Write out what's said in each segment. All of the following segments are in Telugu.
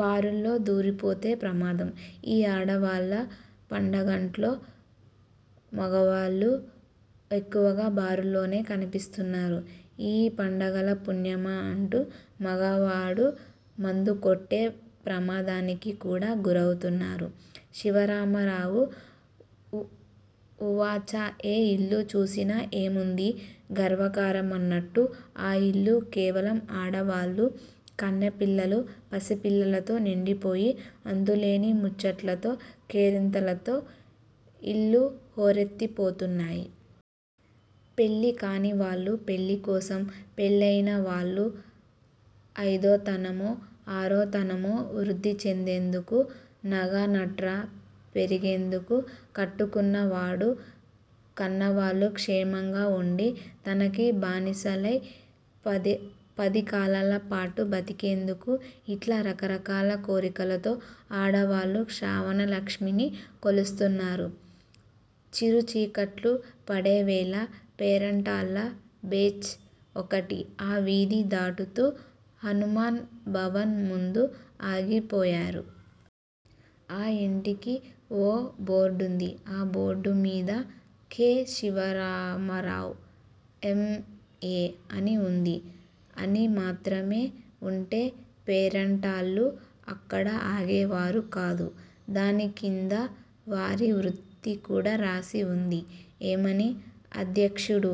బారుల్లో దూరిపోతే ప్రమాదం. ఈ ఆడవాళ్ళ పంగడట్లో మగాళ్లు ఎక్కువగా బారుల్లోనే కనిపిస్తున్నారు. ఈ పండగల పుణ్యమా అంటూ మగవాడు మందుకొట్టే ప్రమాదానికి కూడా గురవుతున్నాడు-శివరామారావు ఉవాచ ఏ ఇల్లు చూసినా ఏముంది గర్వకారణమన్నట్టు-ఆ ఇల్లు కేవలం ఆడవాళ్ళూ, కన్నె పిల్లలూ, పసిపిల్లలతో నిండిపోయి అంతులేని ముచ్చట్లతో, కేరింతలతో ఇళ్ళు హోరెత్తిపోతున్నాయి. పెళ్ళి కానివాళ్ళు పెళ్ళికోసం-పెళ్ళయిన వాళ్ళు అయిదోతనమో ఆరోతనమో వృద్ధి చెందేందుకు నగానట్రా పెరిగేందుకు కట్టుకున్న వాడూ, కన్నవాళ్ళు క్షేమంగా వుండి తనకి బానిసలై పదికాలాలపాటు బతికేందుకు. ఇట్లా రకరకాల కోరికలతో ఆడవాళ్లు శ్రావణలక్ష్మిని కొలుస్తున్నారు. చిరుచీకట్లు పడేవేళ పేరంటాళ్ళ బేచ్ ఒకటి ఆ వీధి దాటుతూ హనుమాన్ భవన్ ముందు ఆగిపోయారు. ఆ ఇంటికి ఓ బోర్డుంది. ఆ బోర్డుమీద కె. శివరామారావు ఎం. ఎ. అని వుంది. అని మాత్రమే వుంటే పేరంటాళ్లు అక్కడ ఆగేవారు కాదు. దానికింద వారి వృత్తి కూడా రాసి వుంది. ఏమని? అధ్యక్షుడు.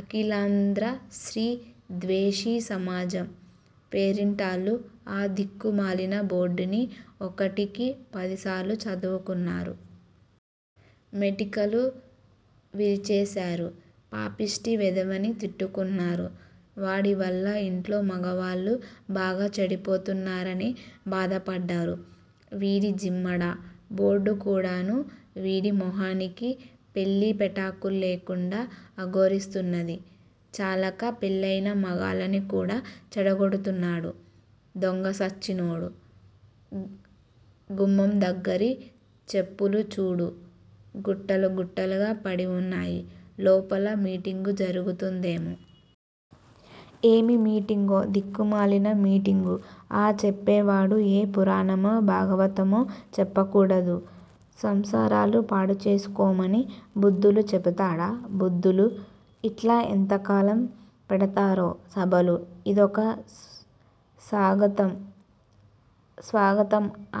అఖిలాంధ్ర స్త్రీ ద్వేషీ సమాజం. పేరంటాళ్లు ఆ దిక్కుమాలిన బోర్డుని ఒకటికి పదిసార్లు చదువుకున్నారు. మెటికలు విరిచేరు. పాపిష్ఠి వెధవని తిట్టుకున్నారు. వాడివల్ల ఇంట్లో మగాళ్ళు బాగా చెడిపోతున్నారని బాధపడ్డారు. వీడి జిమ్మడ! బోర్డుకూడాను వీడి మొహానికి? పెళ్ళీ పెటాకుల్లేకుండా అఘోరిస్తున్నది చాలక పెళ్ళయిన మగాళ్ళని కూడా చెడగొడుతున్నాడు దొంగచచ్చినోడు. గుమ్మందగ్గిర చెప్పులు చూడు గుట్టలు గుట్టలుగా పడి ఉన్నాయి. లోపల మీటింగు జరుగుతూందేమో! ఏమి మీటింగో దిక్కుమాలిన మీటింగు! ఆ చెప్పేవాడు ఏ పురాణమో, భాగవతమో చెప్పకూడదూ? సంసారాలు పాడుచేసుకోమని బుద్ధులు చెబుతాడా బుద్ధులు! ఇట్లా ఎంతకాలం పెడతాడో సభలు! ఇదొక స్వగతం.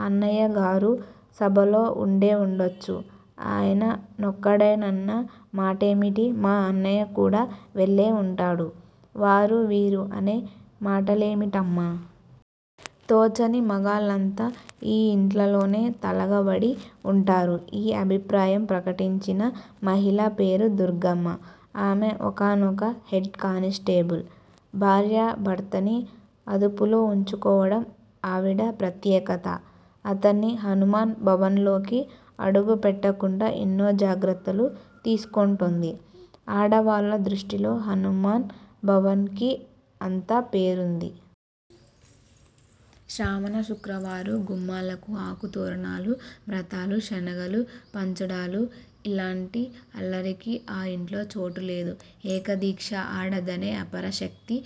అన్నయ్యగారు సభలో ఉండేవుండొచ్చు! ఆయన నొక్కడేనన్న మాటేమిటి? మా అన్నయ్య కూడా వెళ్ళేవుంటాడు.. వారూ వీరూ అనే మాటేమిటమ్మా! తోచని మగాళ్ళంతా ఈ ఇంట్లోనే తగలడి వుంటారు. -ఈ అభిప్రాయం ప్రకటించిన మహిళ పేరు దుర్గమ్మ. ఆమె ఒకానొక హెడ్ కానిస్టేబుల్ భార్య. భర్తని అదుపులో వుంచుకోవడం ఆవిడ ప్రత్యేకత. అతన్ని హనుమాన్ భవన్లోకి అడుగు పెట్టకుండా ఎన్నో జాగ్రత్తలు తీసుకుంటోంది. ఆడవాళ్ళ దృష్టిలో హనుమాన్ భవన్ కి అంత పేరుంది! శ్రావణ శుక్రవారాలు, గుమ్మాలకు ఆకుతోరణాలు, వ్రతాలు, శనగలు పంచడాలూ ఇల్లాంటి అల్లరికి ఆ ఇంట్లో చోటులేదు. ఏకదీక్ష! ఆడదనే అపరశక్తి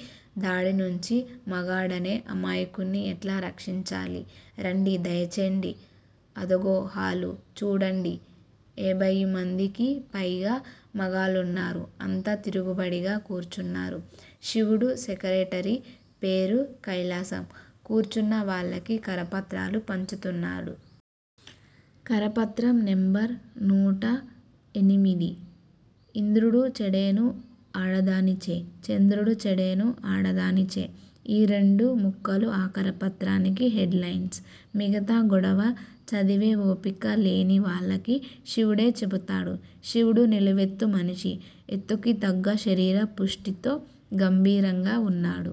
దాడినుంచి మగాడనే అమాయకుడ్ని ఎట్లా రక్షించాలి? రండి దయచేయండి అదుగో హాలు. చూడండి. ఏభయిమందికి పైగా మగాళ్ళున్నారు. అంతా తీరుబడిగా కూర్చున్నారు. శివుడి సెక్రటరీ-పేరు కైలాసం-కూర్చున్న వాళ్ళకి కరపత్రాలు పంచుతున్నాడు. కరపత్రం నెంబరు నూట ఎనిమిది! ఇంద్రుడు చెడెను ఆడదానిచే చంద్రుడు చెడెను ఆడదానిచే -ఈ రెండు ముక్కలూ ఆ కరపత్రానికి హెడ్ లైన్సు! మిగతా గొడవ చదివే ఓపిక లేని వాళ్ళకి శివుడే చెబుతాడు. శివుడు నిలువెత్తు మనిషి, ఎత్తుకి తగ్గ శరీర పుష్టితో గంభీరంగా వున్నాడు.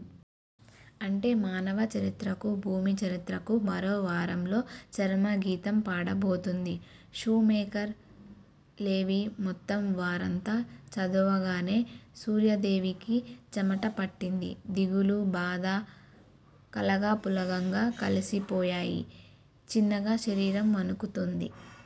అంటే మానవ చరిత్రకు, భూమి చరిత్రకు మరో వారంలో చరమగీతం పాడబోతోంది షూమేకర్- లెవీ- మొత్తం వార్తంతా చదవగానే సూర్యాదేవికి చెమటపట్టింది. దిగులు, బాధా కలగాపులగంగా కలిసిపోయాయి. చిన్నగా శరీరం వణుకుతోంది.